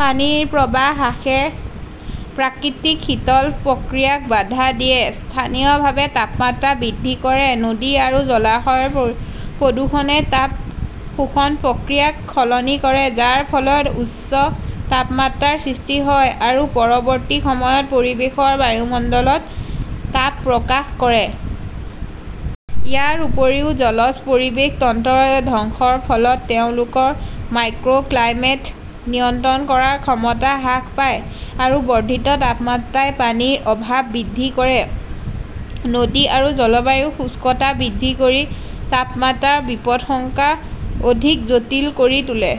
পানীৰ প্ৰবাহ হ্ৰাসে প্ৰাকৃতিক শীতল প্ৰক্ৰিয়াক বাধা দিয়ে, স্থানীয়ভাৱে তাপমাত্ৰা বৃদ্ধি কৰে। নদী আৰু জলাশয়ৰ প্ৰদূষণে তাপ শোষণ প্ৰক্ৰিয়াক সলনি কৰে, যাৰ ফলত উচ্চ তাপমাত্ৰাৰ সৃষ্টি হয় আৰু পৰৱৰ্তী সময়ত পৰিৱেশৰ বায়ুমণ্ডলত তাপ প্ৰকাশ কৰে। ইয়াৰ উপৰিও জলজ পৰিৱেশ তন্ত্ৰৰ ধ্বংসৰ ফলত তেওঁলোকৰ মাইক্ৰ'ক্লাইমেট নিয়ন্ত্ৰণ কৰাৰ ক্ষমতা হ্ৰাস পায়। আৰু বৰ্ধিত তাপমাত্ৰাই পানীৰ অভাৱ বৃদ্ধি কৰে, নদী আৰু জলাশয়ৰ শুষ্কতা বৃদ্ধি কৰি তাপপ্ৰবাহৰ বিপদশংকা অধিক জটিল কৰি তোলে।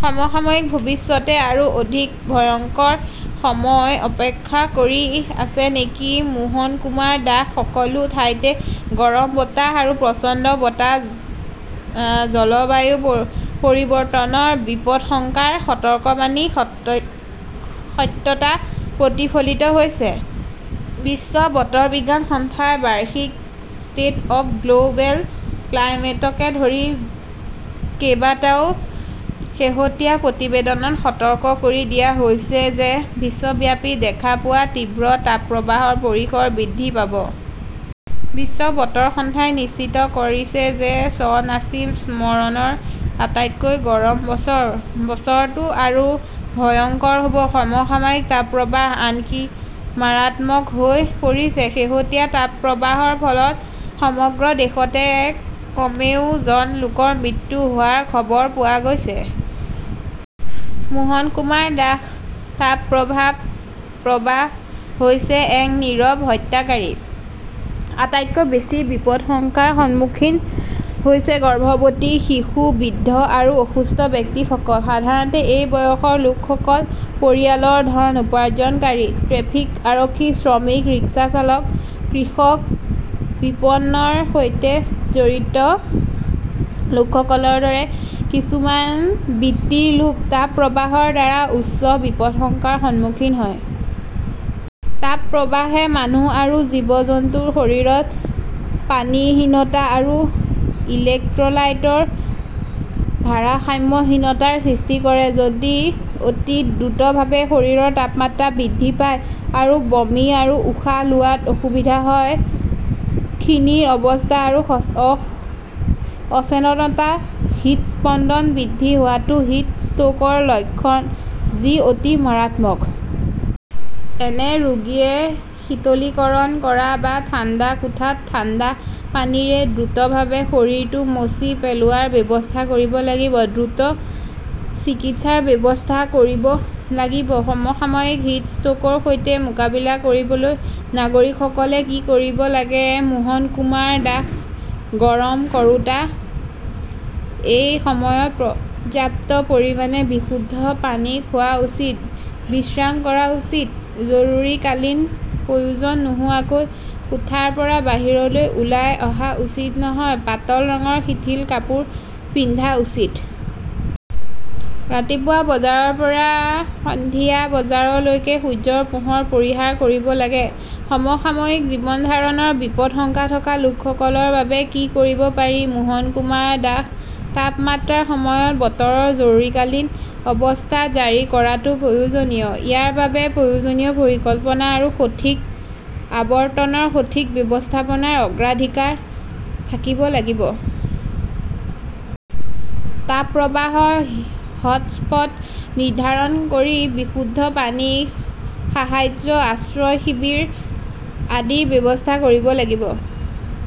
সমসাময়িক ভৱিষ্যতে আৰু অধিক ভয়ংকৰ সময় অপেক্ষা কৰি আছে নেকি? মোহন কুমাৰ দাশ সকলো ঠাইতে গৰম বতাহ আৰু প্ৰচণ্ড বতাহ। জলবায়ু পৰিৱৰ্তনৰ বিপদাশংকাৰ সতৰ্কবাণীৰ সত্যতা প্ৰতিফলিত হৈছে। বিশ্ব বতৰ বিজ্ঞান সংস্থাৰ বাৰ্ষিক ষ্টেট অৱ দ্য গ্লʼবেল ক্লাইমেটকে ধৰি কেইবাটাও শেহতীয়া প্ৰতিবেদনত সতৰ্ক কৰি দিয়া হৈছে যে বিশ্বব্যাপী দেখা পোৱা তীব্ৰ তাপপ্ৰবাহৰ পৰিসৰ বৃদ্ধি পাব। বিশ্ব বতৰ সংস্থাই নিশ্চিত কৰিছে যে চন আছিল স্মৰণৰ আটাইতকৈ গৰম বছৰ। বৰ্ষটো আৰু ভয়ংকৰ হ 'ব! সমসাময়িক তাপপ্ৰবাহ আনকি মাৰাত্মক হৈ পৰিছে। শেহতীয়া তাপপ্ৰবাহৰ ফলত সমগ্ৰ দেশতে কমেও জন লোকৰ মৃত্যু হোৱাৰ খবৰ পোৱা গৈছে। মোহন কুমাৰ দাশ তাপপ্ৰবাহ হৈছে এক নীৰৱ হত্যাকাৰী। আটাইতকৈ বেছি বিপদাশংকাৰ সন্মুখীন হৈছে গৰ্ভৱতী, শিশু, বৃদ্ধ আৰু অসুস্থ ব্যক্তিসকল। সাধাৰণতে এই বয়সৰ লোকসকল পৰিয়ালৰ ধন উপাৰ্জনকাৰী। ট্ৰেফিক আৰক্ষী, শ্ৰমিক, ৰিক্সা চালক, কৃষক, বিপণনৰ সৈতে জড়িত লোকসকলৰ দৰে কিছুমান বৃত্তিৰ লোক তাপপ্ৰবাহৰ দ্বাৰা উচ্চ বিপদাশংকাৰ সন্মুখীন হয়। তাপপ্ৰবাহে মানুহ আৰু জীৱ-জন্তুৰ শৰীৰত পানীহীনতা আৰু ইলেক্ট্ৰলাইটৰ ভাৰসাম্যহীনতাৰ সৃষ্টি কৰে। যদি অতি দ্ৰুতভাৱে শৰীৰৰ তাপমাত্ৰা বৃদ্ধি পায় আৰু বমি আৰু উশাহ লোৱাত অসুবিধা হয়, খিনিৰ অৱস্থা আৰু অচেতনতা, হৃদস্পন্দন বৃদ্ধি হোৱাটো হিট ষ্ট্ৰোকৰ লক্ষণ; যি অতি মাৰাত্মক! এনে ৰোগীয়ে শীতলীকৰণ কৰা বা ঠাণ্ডা কোঠাত ঠাণ্ডা পানীৰে দ্ৰুতভাৱে শৰীৰটো মচি পেলোৱাৰ ব্যৱস্থা কৰিব লাগিব। দ্ৰুত চিকিৎসাৰ ব্যৱস্থা কৰিব লাগিব। সমসাময়িক হিটষ্ট্ৰোকৰ সৈতে মোকাবিলা কৰিবলৈ নাগৰিকসকলে কি কৰিব লাগে? মোহন কুমাৰ দাস গৰম কৰোঁতাই এই সময়ত পৰ্যাপ্ত পৰিমাণে বিশুদ্ধ পানী খোৱা উচিত, বিশ্ৰাম কৰা উচিত, জৰুৰীকালীন প্ৰয়োজন নোহোৱাকৈ কোঠাৰ পৰা বাহিৰলৈ ওলাই অহা উচিত নহয়, পাতল ৰঙৰ শিথিল কাপোৰ পিন্ধা উচিত। ৰাতিপুৱা বজাৰ পৰা সন্ধিয়া বজালৈকে সূৰ্যৰ পোহৰ পৰিহাৰ কৰিব লাগে। সমসাময়িক জীৱন ধাৰণৰ বিপদাশংকা থকা লোকসকলৰ বাবে কি কৰিব পাৰি? মোহন কুমাৰ দাশ তাপপ্ৰবাহৰ সময়ত 'বতৰৰ জৰুৰীকালীন অৱস্থা জাৰি কৰাটো প্ৰয়োজনীয়। ইয়াৰ বাবে প্ৰয়োজনীয় পৰিকল্পনা আৰু সঠিক আবণ্টনৰ সঠিক ব্যৱস্থাপনাৰ অগ্ৰাধিকাৰ থাকিব লাগিব। তাপ প্ৰবাহৰ 'হটʼস্পট নিৰ্ধাৰণ কৰি বিশুদ্ধ পানী, সাহায্য, আশ্ৰয় শিবিৰ আদিৰ ব্যৱস্থা কৰিব লাগিব।